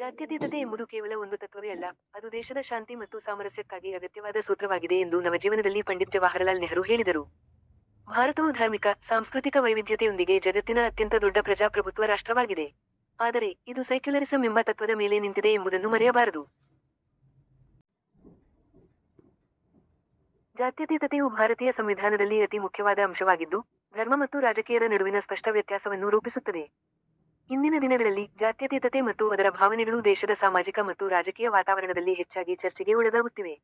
ಜಾತ್ಯತೀತತೆ ಎಂಬುದು ಕೇವಲ ಒಂದು ತತ್ವವೇ ಅಲ್ಲ, ಅದು ದೇಶದ ಶಾಂತಿ ಮತ್ತು ಸಾಮರಸ್ಯಕ್ಕಾಗಿ ಅಗತ್ಯವಾದ ಸೂತ್ರವಾಗಿದೆ ಎಂದು ನವಜೀವನದಲ್ಲಿ ಪಂಡಿತ್ ಜವಾಹರಲಾಲ್ ನೆಹರು ಹೇಳಿದರು. ಭಾರತವು ಧಾರ್ಮಿಕ, ಸಾಂಸ್ಕೃತಿಕ ವೈವಿಧ್ಯತೆಯೊಂದಿಗೆ ಜಗತ್ತಿನ ಅತ್ಯಂತ ದೊಡ್ಡ ಪ್ರಜಾಪ್ರಭುತ್ವ ರಾಷ್ಟ್ರವಾಗಿದೆ. ಆದರೆ, ಇದು ಸೈಕ್ಯುಲರಿಸಂ ಎಂಬ ತತ್ವದ ಮೇಲೆ ನಿಂತಿದೆ ಎಂಬುದನ್ನು ಮರೆಯಬಾರದು. ಜಾತ್ಯತೀತತೆಯು ಭಾರತೀಯ ಸಂವಿಧಾನದಲ್ಲಿ ಅತಿ ಮುಖ್ಯವಾದ ಅಂಶವಾಗಿದ್ದು, ಧರ್ಮ ಮತ್ತು ರಾಜಕೀಯದ ನಡುವಿನ ಸ್ಪಷ್ಟ ವ್ಯತ್ಯಾಸವನ್ನು ರೂಪಿಸುತ್ತದೆ. ಇಂದಿನ ದಿನಗಳಲ್ಲಿ, ಜಾತ್ಯತೀತತೆ ಮತ್ತು ಅದರ ಭಾವನೆಗಳು ದೇಶದ ಸಾಮಾಜಿಕ ಮತ್ತು ರಾಜಕೀಯ ವಾತಾವರಣದಲ್ಲಿ ಹೆಚ್ಚಾಗಿ ಚರ್ಚೆಗೆ ಒಳಗಾಗುತ್ತಿವೆ.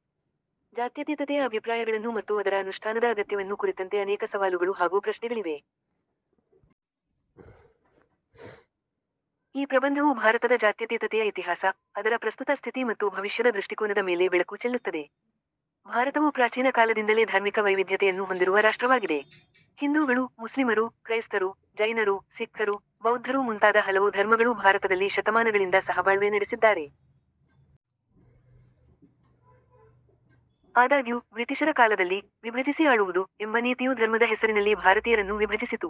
ಜಾತ್ಯತೀತತೆಯ ಅಭಿಪ್ರಾಯಗಳನ್ನು ಮತ್ತು ಅದರ ಅನುಷ್ಠಾನದ ಅಗತ್ಯವನ್ನು ಕುರಿತಂತೆ ಅನೇಕ ಸವಾಲುಗಳು ಹಾಗೂ ಪ್ರಶ್ನೆಗಳಿವೆ. ಈ ಪ್ರಬಂಧವು ಭಾರತದ ಜಾತ್ಯತೀತತೆಯ ಇತಿಹಾಸ, ಅದರ ಪ್ರಸ್ತುತ ಸ್ಥಿತಿ ಮತ್ತು ಭವಿಷ್ಯದ ದೃಷ್ಟಿಕೋನದ ಮೇಲೆ ಬೆಳಕು ಚೆಲ್ಲುತ್ತದೆ. ಭಾರತವು ಪ್ರಾಚೀನ ಕಾಲದಿಂದಲೇ ಧಾರ್ಮಿಕ ವೈವಿಧ್ಯತೆಯನ್ನು ಹೊಂದಿರುವ ರಾಷ್ಟ್ರವಾಗಿದೆ. ಹಿಂದೂಗಳು, ಮುಸ್ಲಿಮರು, ಕ್ರೈಸ್ತರು, ಜೈನರು, ಸಿಖ್ಕರು, ಬೌದ್ಧರು ಮುಂತಾದ ಹಲವು ಧರ್ಮಗಳು ಭಾರತದಲ್ಲಿ ಶತಮಾನಗಳಿಂದ ಸಹಬಾಳ್ವೆ ನಡೆಸಿದ್ದಾರೆ. ಆದಾಗ್ಯೂ, ಬ್ರಿಟಿಷರ ಕಾಲದಲ್ಲಿ 'ವಿಭಜಿಸಿ ಆಳುವುದು' ಎಂಬ ನೀತಿಯು ಧರ್ಮದ ಹೆಸರಿನಲ್ಲಿ ಭಾರತೀಯರನ್ನು ವಿಭಜಿಸಿತು.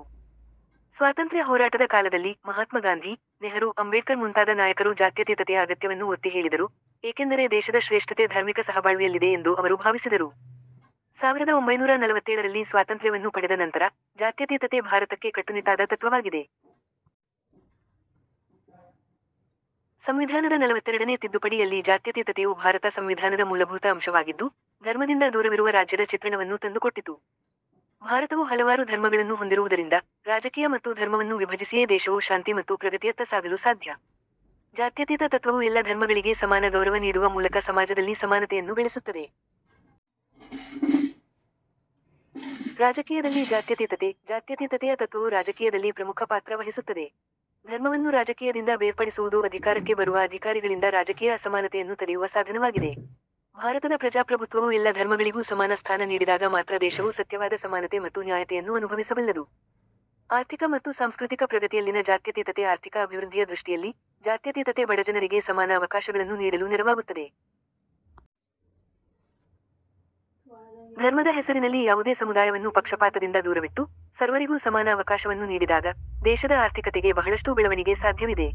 ಸ್ವಾತಂತ್ರ್ಯ ಹೋರಾಟದ ಕಾಲದಲ್ಲಿ, ಮಹಾತ್ಮ ಗಾಂಧಿ, ನೆಹರು, ಅಂಬೇಡ್ಕರ್ ಮುಂತಾದ ನಾಯಕರು ಜಾತ್ಯತೀತತೆಯ ಅಗತ್ಯವನ್ನು ಒತ್ತಿ ಹೇಳಿದರು, ಏಕೆಂದರೆ ದೇಶದ ಶ್ರೇಷ್ಠತೆ ಧಾರ್ಮಿಕ ಸಹಬಾಳ್ವೆಯಲ್ಲಿದೆ ಎಂದು ಅವರು ಭಾವಿಸಿದರು. ಸಾವಿರದ ಒಂಬೈನೂರಾ ನಲವತ್ತೇಳರಲ್ಲಿ ಸ್ವಾತಂತ್ರ್ಯವನ್ನು ಪಡೆದ ನಂತರ, ಜಾತ್ಯತೀತತೆ ಭಾರತಕ್ಕೆ ಕಟ್ಟುನಿಟ್ಟಾದ ತತ್ವವಾಗಿದೆ. ಸಂವಿಧಾನದ ನಲವತ್ತೆರಡನೇ ತಿದ್ದುಪಡಿ ಯಲ್ಲಿ ಜಾತ್ಯತೀತತೆಯು ಭಾರತ ಸಂವಿಧಾನದ ಮೂಲಭೂತ ಅಂಶವಾಗಿದ್ದು, ಧರ್ಮದಿಂದ ದೂರವಿರುವ ರಾಜ್ಯದ ಚಿತ್ರಣವನ್ನು ತಂದುಕೊಟ್ಟಿತು. ಭಾರತವು ಹಲವಾರು ಧರ್ಮಗಳನ್ನು ಹೊಂದಿರುವುದರಿಂದ, ರಾಜಕೀಯ ಮತ್ತು ಧರ್ಮವನ್ನು ವಿಭಜಿಸಿಯೇ ದೇಶವು ಶಾಂತಿ ಮತ್ತು ಪ್ರಗತಿಯತ್ತ ಸಾಗಲು ಸಾಧ್ಯ. ಜಾತ್ಯತೀತ ತತ್ವವು ಎಲ್ಲ ಧರ್ಮಗಳಿಗೆ ಸಮಾನ ಗೌರವ ನೀಡುವ ಮೂಲಕ ಸಮಾಜದಲ್ಲಿ ಸಮಾನತೆಯನ್ನು ಬೆಳೆಸುತ್ತದೆ. ರಾಜಕೀಯದಲ್ಲಿ ಜಾತ್ಯತೀತತೆ, ಜಾತ್ಯತೀತತೆಯ ತತ್ವವು ರಾಜಕೀಯದಲ್ಲಿ ಪ್ರಮುಖ ಪಾತ್ರ ವಹಿಸುತ್ತದೆ. ಧರ್ಮವನ್ನು ರಾಜಕೀಯದಿಂದ ಬೇರ್ಪಡಿಸುವುದು ಅಧಿಕಾರಕ್ಕೆ ಬರುವ ಅಧಿಕಾರಿಗಳಿಂದ ರಾಜಕೀಯ ಅಸಮಾನತೆಯನ್ನು ತಡೆಯುವ ಸಾಧನವಾಗಿದೆ. ಭಾರತದ ಪ್ರಜಾಪ್ರಭುತ್ವವು ಎಲ್ಲ ಧರ್ಮಗಳಿಗೂ ಸಮಾನ ಸ್ಥಾನ ನೀಡಿದಾಗ ಮಾತ್ರ ದೇಶವು ಸತ್ಯವಾದ ಸಮಾನತೆ ಮತ್ತು ನ್ಯಾಯತೆಯನ್ನು ಅನುಭವಿಸಬಲ್ಲದು. ಆರ್ಥಿಕ ಮತ್ತು ಸಾಂಸ್ಕೃತಿಕ ಪ್ರಗತಿಯಲ್ಲಿನ ಜಾತ್ಯತೀತತೆ ಆರ್ಥಿಕ ಅಭಿವೃದ್ಧಿಯ ದೃಷ್ಟಿಯಲ್ಲಿ, ಜಾತ್ಯತೀತತೆ ಬಡಜನರಿಗೆ ಸಮಾನ ಅವಕಾಶಗಳನ್ನು ನೀಡಲು ನೆರವಾಗುತ್ತದೆ. ಧರ್ಮದ ಹೆಸರಿನಲ್ಲಿ ಯಾವುದೇ ಸಮುದಾಯವನ್ನು ಪಕ್ಷಪಾತದಿಂದ ದೂರವಿಟ್ಟು, ಸರ್ವರಿಗೂ ಸಮಾನ ಅವಕಾಶವನ್ನು ನೀಡಿದಾಗ, ದೇಶದ ಆರ್ಥಿಕತೆಗೆ ಬಹಳಷ್ಟು ಬೆಳವಣಿಗೆ ಸಾಧ್ಯವಿದೆ.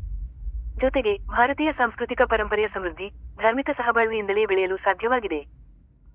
ಜೊತೆಗೆ, ಭಾರತೀಯ ಸಾಂಸ್ಕೃತಿಕ ಪರಂಪರೆಯ ಸಮೃದ್ಧಿ, ಧಾರ್ಮಿಕ ಸಹಬಾಳ್ವೆಯಿಂದಲೇ ಬೆಳೆಯಲು ಸಾಧ್ಯವಾಗಿದೆ.